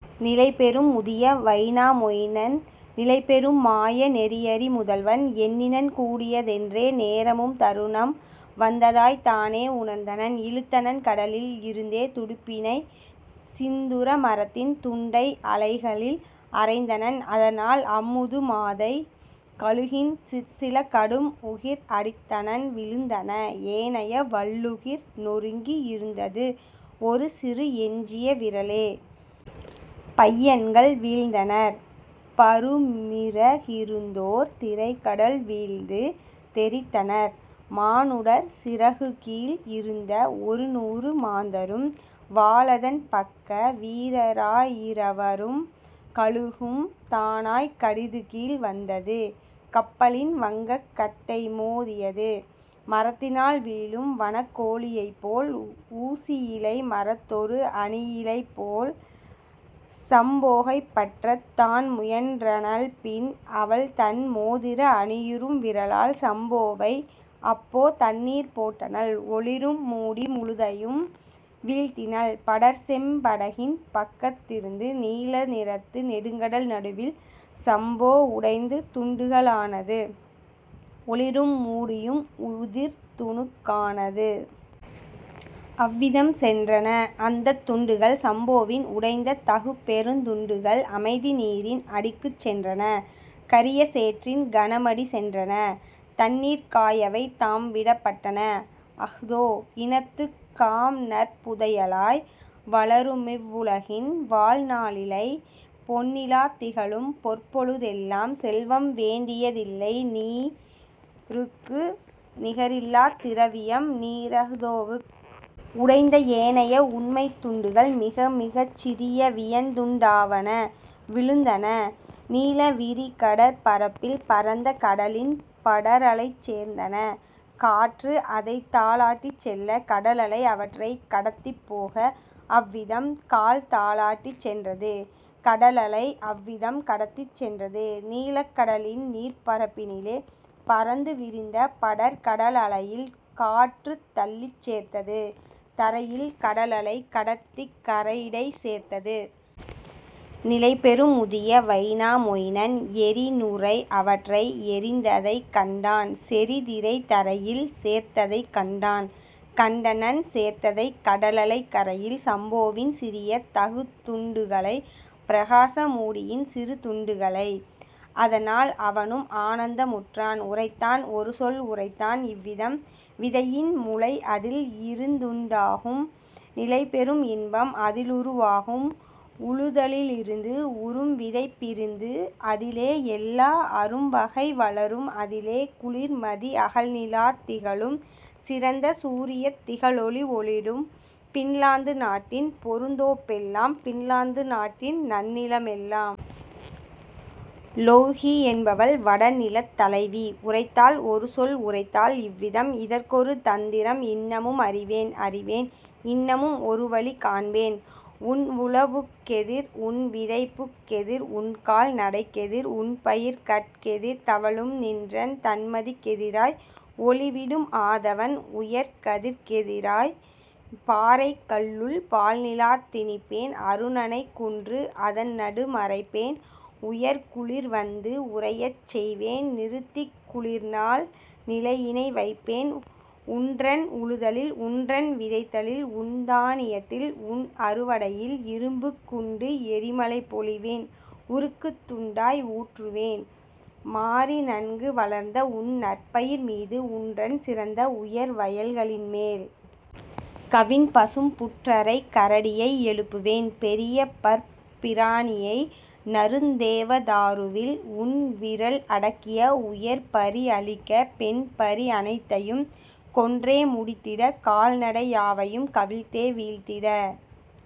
" நிலைபெறும் முதிய வைனா மொயினன் நிலைபெறும் மாய நெறியறி முதல்வன்। எண்ணினன் கூடிய தென்றே நேரமும் தருணம் வந்ததாய்த் தானே உணர்ந்தனன்; இழுத்தனன் கடலில் இருந்தே துடுப்பினை சிந்துர மரத்தின் துண்டை அலைகளில் அறைந்தனன் அதனால் அம்முது மாதை கழுகின் சிற்சில கடும்உகிர் அடித்தனன் விழுந்தன ஏனைய வள்ளுகிர் நொருங்கி இருந்தது ஒருசிறு எஞ்சிய விரலே. பையன்கள் வீழ்ந்தனர் பருமிற கிருந்தோர் திரைகடல் வீழ்ந்து தெறித்தனர் மானுடர் சிறகுகீழ் இருந்த ஒருநூறு மாந்தரும் வாலதன் பக்க வீரரா யிரவரும் கழுகும் தானாய்க் கடிதுகீழ் வந்தது கப்பலின் வங்கக் கட்டைமோ தியது மரத்தினால் வீழும் வனக்கோ ழியைப்போல் ஊசி யிலைமரத் தொருஅணி லைப்போல். சம்போகைப் பற்றத் தான்முயன் றனள்பின் அவள் தன்மோதிர அணியுறும் விரலால் சம்போவை அப்போ தண்ணீர்ப் போட்டனள் ஒளிரும் மூடி முழுதையும் வீழ்த்தினள் படர்செம் படகின் பக்கத் திருந்து நீல நிறத்து நெடுங்கடல் நடுவில் சம்போ உடைந்து துண்டுக ளானது ஒளிரும் மூடியும் உதிர்துணுக் கானது. அவ்விதம் சென்றன அந்தத் துண்டுகள் சம்போவின் உடைந்த தகுபெருந் துண்டுகள் அமைதி நீரின் அடிக்குச் சென்றன கரிய சேற்றின் கனமடி சென்றன. தண்ணீர்க் காயவை தாம்விடப் பட்டன அஹ்தோ இனத்துக் காம்நற் புதையலாய்; வளருமிவ் வுலகின் வாழ்நா ளிலிலை பொன்னிலாத் திகழும் பொற்பொழு தெல்லாம் செல்வம் வேண்டிய தில்லைநீ ருக்கு நிகரிலாத் திரவியம் நீரஹ் தோவுக். உடைந்த ஏனைய உண்மைத் துண்டுகள் மிகமிகச் சிறிய வியன்துண் டாவன விழுந்தன நீல விரிகடற் பரப்பில் பரந்த கடலின் படரலைச் சேர்ந்தன காற்று அதைத்தா லாட்டிச் செல்ல கடலலை அவற்றைக் கடத்திப் போக. அவ்விதம் கால்தா லாட்டிச் சென்றது கடலலை அவ்விதம் கடத்திச் சென்றது நீலக் கடலின் நீர்ப்பரப் பினிலே பரந்து விரிந்த படர்கட லலையில் காற்றுத் தள்ளிச் சேர்த்தது தரையில் கடலலை கடத்திக் கரையிடைச் சேர்த்தது. நிலைபெறும் முதிய வைனா மொயினன் எறிநுரை அவற்றை எறிந்ததைக் கண்டான் செறிதிரை தரையில் சேர்த்ததைக் கண்டான் கண்டனன் சேர்த்ததைக் கடலலை கரையில் சம்போவின் சிறிய தகுதுண் டுகளை பிரகாச மூடியின் சிறுதுண் டுகளை. அதனால் அவனும் ஆனந்த முற்றான் உரைத்தான் ஒருசொல் உரைத்தான் இவ்விதம்: "விதையின் முளைஅதில் இருந்துண் டாகும் நிலைபெறும் இன்பம் அதிலுரு வாகும் உழுதலி லிருந்து உறும்விதைப் பிருந்து அதிலே எல்லா அரும்வகை வளரும் அதிலே குளிர்மதி அகல்நிலாத் திகழும் சிறந்த சூரியத் திகழொளி ஒளிரும் பின்லாந்து நாட்டின் பெருந்தோப் பெல்லாம் பின்லாந்து நாட்டின் நன்னில மெல்லாம். " லொவ்ஹி என்பவள் வடநிலத் தலைவி உரைத்தாள் ஒருசொல் உரைத்தாள் இவ்விதம்: "இதற்கொரு தந்திரம் இன்னமும் அறிவேன் அறிவேன் இன்னமும் ஒருவழி காண்பேன் உன்உழ வுக்கெதிர் உன்விதைப் புக்கெதிர் உன்கால் நடைக்கெதிர் உன்பயிர் கட்கெதிர் தவழும் நின்றன் தண்மதிக் கெதிராய் ஒளிவிடும் ஆதவன் உயர்கதிர்க் கெதிராய் பாறைக் கல்லுள் பால்நிலாத் திணிப்பேன் அருணனைக் குன்று அதன்நடு மறைப்பேன் உயர்குளிர் வந்து உறையச் செய்வேன் நிறுத்திக் குளிர்நாள் நிலையினை வைப்பேன் உன்றன் உழுதலில் உன்றன் விதைத்தலில் உன்தா னியத்தில் உன்அறு வடையில் இரும்புக் குண்டு எறிமழை பொழிவேன் உருக்குத் துண்டாய் ஊற்றுவேன் மாரி நன்கு வளர்ந்தஉன் நற்பயிர் மீது உன்றன் சிறந்த உயர்வயல் களின்மேல். கவின்பசும் புற்றரைக் கரடியை எழுப்புவேன் பெரியபற் பிராணியை நறுந்தேவ தாருவில் உன்விறல் அடக்கிய உயர்பரி அழிக்க பெண்பரி அனைத்தையும் கொன்றே முடித்திட கால்நடை யாவையும் கவிழ்த்தே வீழ்த்திட